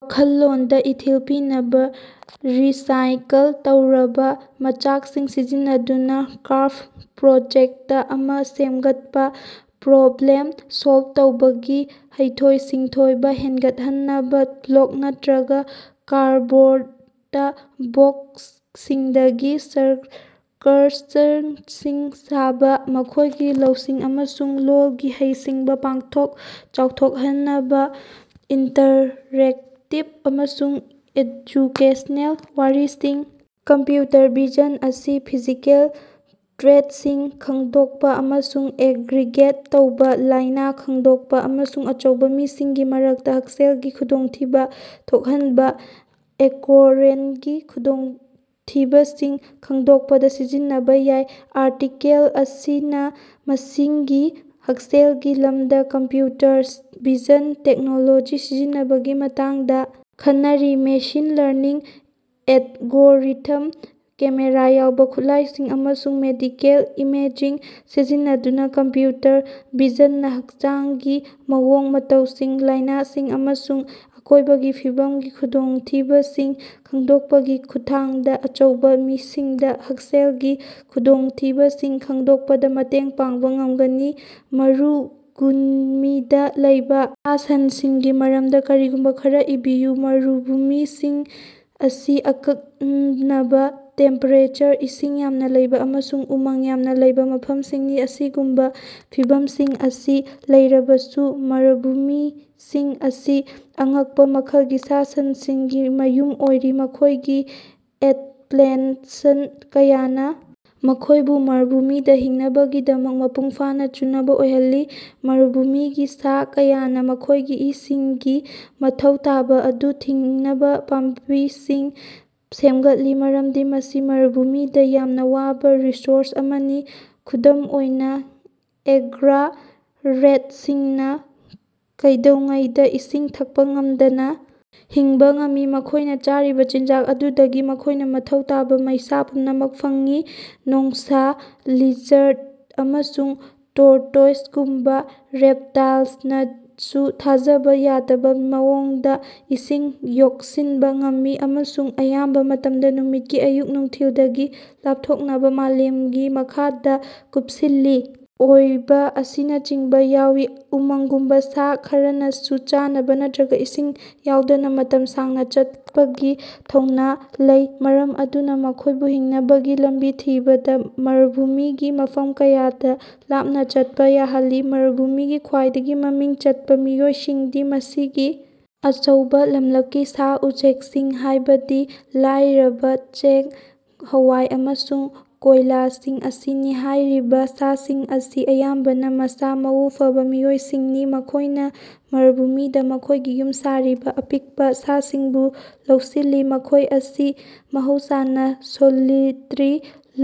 ꯋꯥꯈꯜꯂꯣꯟꯗꯥ ꯏꯊꯤꯜ ꯄꯤꯅꯕꯥ ꯔꯤꯁꯥꯏꯀꯜ ꯇꯧꯔꯕꯥ ꯃꯆꯥꯛꯁꯤꯡ ꯁꯤꯖꯤꯟꯅꯗꯨꯅꯥ ꯀ꯭ꯔꯥꯐ ꯄ꯭ꯔꯣꯖꯦꯛꯇ ꯑꯃꯥ ꯁꯦꯝꯒꯠꯄꯥ꯫ ꯄ꯭ꯔꯣꯕ꯭ꯂꯦꯝ ꯁꯣꯜꯕ ꯇꯧꯕꯒꯤ ꯍꯩꯊꯣꯏ-ꯁꯤꯡꯊꯣꯏꯕꯥ ꯍꯦꯟꯒꯠꯍꯟꯅꯕꯥ ꯕ꯭ꯂꯣꯛ ꯅꯠꯇ꯭ꯔꯒꯥ ꯀꯥꯔꯗꯕꯣꯔꯗꯇ ꯕꯣꯛꯁꯁꯤꯡꯗꯒꯤ ꯁ꯭ꯠꯔꯀꯆꯔꯁꯤꯡ ꯁꯥꯕꯥ꯫ ꯃꯈꯣꯏꯒꯤ ꯂꯧꯁꯤꯡ ꯑꯃꯁꯨꯡ ꯂꯣꯜꯒꯤ ꯍꯩꯁꯤꯡꯕꯥ ꯄꯥꯛꯊꯣꯛ ꯆꯥꯎꯊꯣꯛꯍꯟꯅꯕꯥ ꯏꯟꯇꯔꯦꯛꯇꯤꯚ ꯑꯃꯁꯨꯡ ꯑꯦꯖꯨꯀꯦꯁꯅꯦꯜ ꯋꯥꯔꯤꯁꯤꯡ ꯀꯝꯄꯌꯨꯇꯔ ꯚꯤꯖꯟ ꯑꯁꯤ ꯐꯤꯖꯤꯀꯦꯜ ꯇ꯭ꯔꯦꯠꯁꯤꯡ ꯈꯪꯗꯣꯛꯄꯥ ꯑꯃꯁꯨꯡ ꯑꯦꯒ꯭ꯔꯤꯒꯦꯠ ꯇꯧꯕ, ꯂꯥꯏꯅꯥ ꯈꯪꯗꯣꯛꯄꯥ, ꯑꯃꯁꯨꯡ ꯑꯆꯧꯕ ꯃꯤꯁꯤꯡꯒꯤ ꯃꯔꯛꯇꯥ ꯍꯛꯁꯦꯜꯒꯤ ꯈꯨꯗꯣꯡꯊꯤꯕꯥ ꯊꯣꯛꯍꯟꯕꯥ ꯑꯀꯣꯌꯔꯣꯟꯒꯤ ꯈꯨꯗꯣꯡꯊꯤꯕꯁꯤꯡ ꯈꯪꯗꯣꯛꯄꯗꯥ ꯁꯤꯖꯤꯟꯅꯕꯥ ꯌꯥꯏ꯫ ꯑꯥꯔꯇꯤꯀ‌ꯦꯜ ꯑꯁꯤꯅꯥ ꯃꯁꯤꯡꯒꯤ ꯍꯛꯁꯦꯜꯒꯤ ꯂꯝꯗꯥ ꯀꯝꯄꯌꯨꯇꯔ ꯚꯤꯖꯟ ꯇꯦꯛꯅꯣꯂꯣꯖꯤ ꯁꯤꯖꯤꯟꯅꯕꯒꯤ ꯃꯇꯥꯡꯗꯥ ꯈꯟꯅꯔꯤ꯫ ꯃꯦꯁꯤꯟ ꯂꯔꯅꯤꯡ ꯑꯦꯠꯒꯣꯔꯤꯊꯝꯁꯤꯡ, ꯀꯦꯃꯦꯔꯥ ꯌꯥꯎꯕ ꯈꯨꯠꯂꯥꯏꯁꯤꯡ, ꯑꯃꯁꯨꯡ ꯃꯦꯗꯤꯀꯦꯜ ꯏꯃꯦꯖꯤꯡ ꯁꯤꯖꯤꯟꯅꯗꯨꯅꯥ ꯀꯝꯄ꯭ꯌꯨꯇꯔ ꯚꯤꯖꯟꯅꯥ ꯍꯛꯆꯥꯡꯒꯤ ꯃꯑꯣꯡ ꯃꯇꯧꯁꯤꯡ, ꯂꯥꯏꯅꯥꯁꯤꯡ ꯑꯃꯁꯨꯡ ꯑꯀꯣꯏꯕꯒꯤ ꯐꯤꯕꯝꯒꯤ ꯈꯨꯗꯣꯡꯊꯤꯕꯁꯤꯡ ꯈꯪꯗꯣꯛꯄꯒꯤ ꯈꯨꯠꯊꯥꯡꯗꯥ ꯑꯆꯧꯕꯥ ꯃꯤꯁꯤꯡꯗꯥ ꯍꯛꯁꯦꯜꯒꯤ ꯈꯨꯗꯣꯡꯊꯤꯕꯁꯤꯡ ꯈꯪꯗꯣꯛꯄꯗꯥ ꯃꯇꯦꯡ ꯄꯥꯡꯕꯥ ꯉꯝꯒꯅꯤ꯫ ꯃꯔꯨꯒꯨꯃꯤꯗꯥ ꯂꯩꯕꯥ ꯁꯥ ꯁꯟꯁꯤꯡꯒꯤ ꯃꯔꯝꯗꯥ ꯀꯔꯤꯒꯨꯝꯕꯥ ꯈꯔꯥ ꯏꯕꯤꯌꯨ꯫ ꯃꯔꯨꯚꯨꯃꯤꯁꯤꯡ ꯑꯁꯤ ꯑꯀꯟꯅꯕꯥ ꯇꯦꯝꯄꯦꯔꯦꯆꯔ, ꯏꯁꯤꯡ ꯌꯥꯝꯅ ꯂꯩꯕ ꯑꯃꯁꯨꯡ ꯎꯃꯪ ꯌꯥꯝꯅ ꯂꯩꯕ ꯃꯐꯝꯁꯤꯡꯅꯤ꯫ ꯑꯁꯤꯒꯨꯝꯕꯥ ꯐꯤꯚꯝꯁꯤꯡ ꯑꯁꯤ ꯂꯩꯔꯕꯁꯨ ꯃꯔꯨꯚꯨꯃꯤꯁꯤꯡ ꯑꯁꯤ ꯑꯉꯛꯄꯥ ꯃꯈꯜꯒꯤ ꯁꯥ ꯁꯟꯁꯤꯡꯒꯤ ꯃꯌꯨꯝ ꯑꯣꯏꯔꯤ, ꯃꯈꯣꯏꯒꯤ ꯑꯦꯗꯄꯂ‌ꯦꯠꯁꯟ ꯀꯌꯥꯅꯥ ꯃꯈꯣꯏꯕꯨ ꯃꯔꯨꯚꯨꯃꯤꯗꯥ ꯍꯤꯡꯅꯕꯒꯤꯗꯃꯛ ꯃꯄꯨꯡ ꯐꯥꯅꯥ ꯆꯨꯅꯕꯥ ꯑꯣꯏꯍꯜꯂꯤ꯫ ꯃꯔꯨꯚꯨꯃꯤꯒꯤ ꯁꯥ ꯀꯌꯥꯅꯥ ꯃꯈꯣꯏꯒꯤ ꯏꯁꯤꯡꯒꯤ ꯃꯊꯧ ꯇꯥꯕ ꯑꯗꯨ ꯊꯤꯡꯅꯕꯥ ꯄꯥꯝꯕꯤꯁꯤꯡ ꯁꯦꯝꯒꯠꯂꯤ, ꯃꯔꯝꯗꯤ ꯃꯁꯤ ꯃꯔꯨꯚꯨꯃꯤꯗꯥ ꯌꯥꯝꯅ ꯋꯥꯕ ꯔꯤꯁꯣꯔꯁ ꯑꯃꯅꯤ꯫ ꯈꯨꯗꯝ ꯑꯣꯏꯅꯥ, ꯑꯦꯒ꯭ꯔꯥ ꯔꯦꯠꯁꯤꯡꯅꯥ ꯀꯩꯗꯧꯉꯩꯗꯥ ꯏꯁꯤꯡ ꯊꯛꯄꯥ ꯉꯝꯗꯅꯥ ꯍꯤꯡꯕꯥ ꯉꯝꯃꯤ, ꯃꯈꯣꯏꯅꯥ ꯆꯥꯔꯤꯕꯥ ꯆꯤꯟꯖꯥꯛ ꯑꯗꯨꯗꯒꯤ ꯃꯈꯣꯏꯅꯥ ꯃꯊꯧ ꯇꯥꯕꯥ ꯃꯩꯁꯥ ꯄꯨꯝꯅꯃꯛ ꯐꯪꯏ꯫ ꯅꯣꯡꯁꯥ, ꯂꯤꯖꯔꯗ ꯑꯃꯁꯨꯡ ꯇꯣꯔꯇꯣꯏꯁꯒꯨꯝꯕꯥ ꯔꯦꯞꯇꯥꯜꯁꯤꯡꯅꯁꯨ ꯊꯥꯖꯕ ꯌꯥꯗꯕ ꯃꯑꯣꯡꯗꯥ ꯏꯁꯤꯡ ꯌꯣꯛꯁꯤꯟꯕꯥ ꯉꯝꯃꯤ, ꯑꯃꯁꯨꯡ ꯑꯌꯥꯝꯕꯥ ꯃꯇꯝꯗꯥ ꯅꯨꯃꯤꯠꯀꯤ ꯑꯌꯨꯛ ꯅꯨꯡꯊꯤꯜꯗꯒꯤ ꯂꯥꯞꯊꯣꯛꯅꯕꯥ ꯃꯥꯂꯦꯝꯒꯤ ꯃꯈꯥꯗꯥ ꯀꯨꯞꯁꯤꯜꯂꯤ꯫ ꯑꯣꯏꯕ ꯑꯁꯤꯅꯆꯤꯡꯕꯥ ꯌꯥꯎꯏ꯫ ꯎꯃꯪꯒꯨꯝꯕꯥ ꯁꯥ ꯈꯔꯅꯁꯨ ꯆꯥꯅꯕꯥ ꯅꯠꯇ꯭ꯔꯒꯥ ꯏꯁꯤꯡ ꯌꯥꯎꯗꯅꯥ ꯃꯇꯝ ꯁꯥꯡꯅꯥ ꯆꯠꯄꯒꯤ ꯊꯧꯅꯥ ꯂꯩ, ꯃꯔꯝ ꯑꯗꯨꯅꯥ ꯃꯈꯣꯏꯕꯨ ꯍꯤꯡꯅꯕꯒꯤ ꯂꯝꯕꯤ ꯊꯤꯕꯗꯥ ꯃꯔꯚꯨꯃꯤꯒꯤ ꯃꯐꯝ ꯀꯌꯥꯗꯥ ꯂꯥꯞꯅꯥ ꯆꯠꯄꯥ ꯌꯥꯍꯜꯂꯤ꯫ ꯃꯔꯚꯨꯃꯤꯒꯤ ꯈ꯭ꯋꯥꯏꯗꯒꯤ ꯃꯃꯤꯡ ꯆꯠꯄꯥ ꯃꯤꯑꯣꯏꯁꯤꯡꯗꯤ ꯃꯁꯤꯒꯤ ꯑꯆꯧꯕꯥ ꯂꯝꯂꯛꯀꯤ ꯁꯥ ꯎꯆꯦꯛꯁꯤꯡ, ꯍꯥꯏꯕꯗꯤ ꯂꯥꯏꯔꯕꯥ, ꯆꯦꯡ-ꯍꯋꯥꯏ ꯑꯃꯁꯨꯡ ꯀꯣꯏꯂꯥꯁꯤꯡ ꯑꯁꯤꯅꯤ꯫ ꯍꯥꯏꯔꯤꯕꯥ ꯁꯥꯁꯤꯡ ꯑꯁꯤ ꯑꯌꯥꯝꯕꯅꯥ ꯃꯁꯥ ꯃꯎ ꯐꯕꯥ ꯃꯤꯑꯣꯏꯁꯤꯡꯅꯤ꯫ ꯃꯈꯣꯏꯅꯥ ꯃꯔꯨꯚꯨꯃꯤꯗꯥ ꯃꯈꯣꯏꯒꯤ ꯌꯨꯝ ꯁꯥꯔꯤꯕꯥ ꯑꯄꯤꯛꯄꯥ ꯁꯥꯁꯤꯡꯕꯨ ꯂꯧꯁꯤꯜꯂꯤ꯫ ꯃꯈꯣꯏ ꯑꯁꯤ ꯃꯍꯧꯁꯥꯅꯥ ꯁꯣꯂꯤꯇꯔꯤ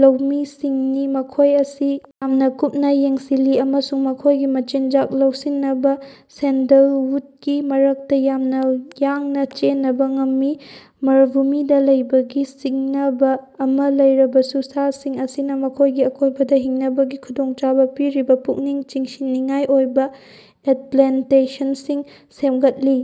ꯂꯧꯃꯤꯁꯤꯡꯅꯤ, ꯃꯈꯣꯏ ꯑꯁꯤ ꯌꯥꯝꯅ ꯀꯨꯞꯅꯥ ꯌꯦꯡꯁꯤꯜꯂꯤ ꯑꯃꯁꯨꯡ ꯃꯈꯣꯏꯒꯤ ꯃꯆꯤꯟꯖꯥꯛ ꯂꯧꯁꯤꯟꯅꯕꯥ ꯁꯦꯟꯗꯜꯋꯨꯠꯀꯤ ꯃꯔꯛꯇꯥ ꯌꯥꯝꯅꯥ ꯌꯥꯡꯅꯥ ꯆꯦꯅꯕꯥ ꯉꯝꯃꯤ꯫ ꯃꯔꯨꯚꯨꯃꯤꯗꯥ ꯂꯩꯕꯒꯤ ꯁꯤꯡꯅꯕꯥ ꯑꯃꯥ ꯂꯩꯔꯕꯁꯨ, ꯁꯥꯁꯤꯡ ꯑꯁꯤꯅꯥ ꯃꯈꯣꯏꯒꯤ ꯑꯀꯣꯏꯕꯗꯥ ꯍꯤꯡꯅꯕꯒꯤ ꯈꯨꯗꯣꯡꯆꯥꯕꯥ ꯄꯤꯔꯤꯕꯥ ꯄꯨꯛꯅꯤꯡ ꯆꯤꯡꯁꯤꯟꯅꯤꯡꯉꯥꯏ ꯑꯣꯏꯕ ꯑꯦꯗꯂ‌ꯦꯟꯇꯦꯁꯟꯁꯤꯡ ꯁꯦꯝꯒꯠꯂꯤ꯫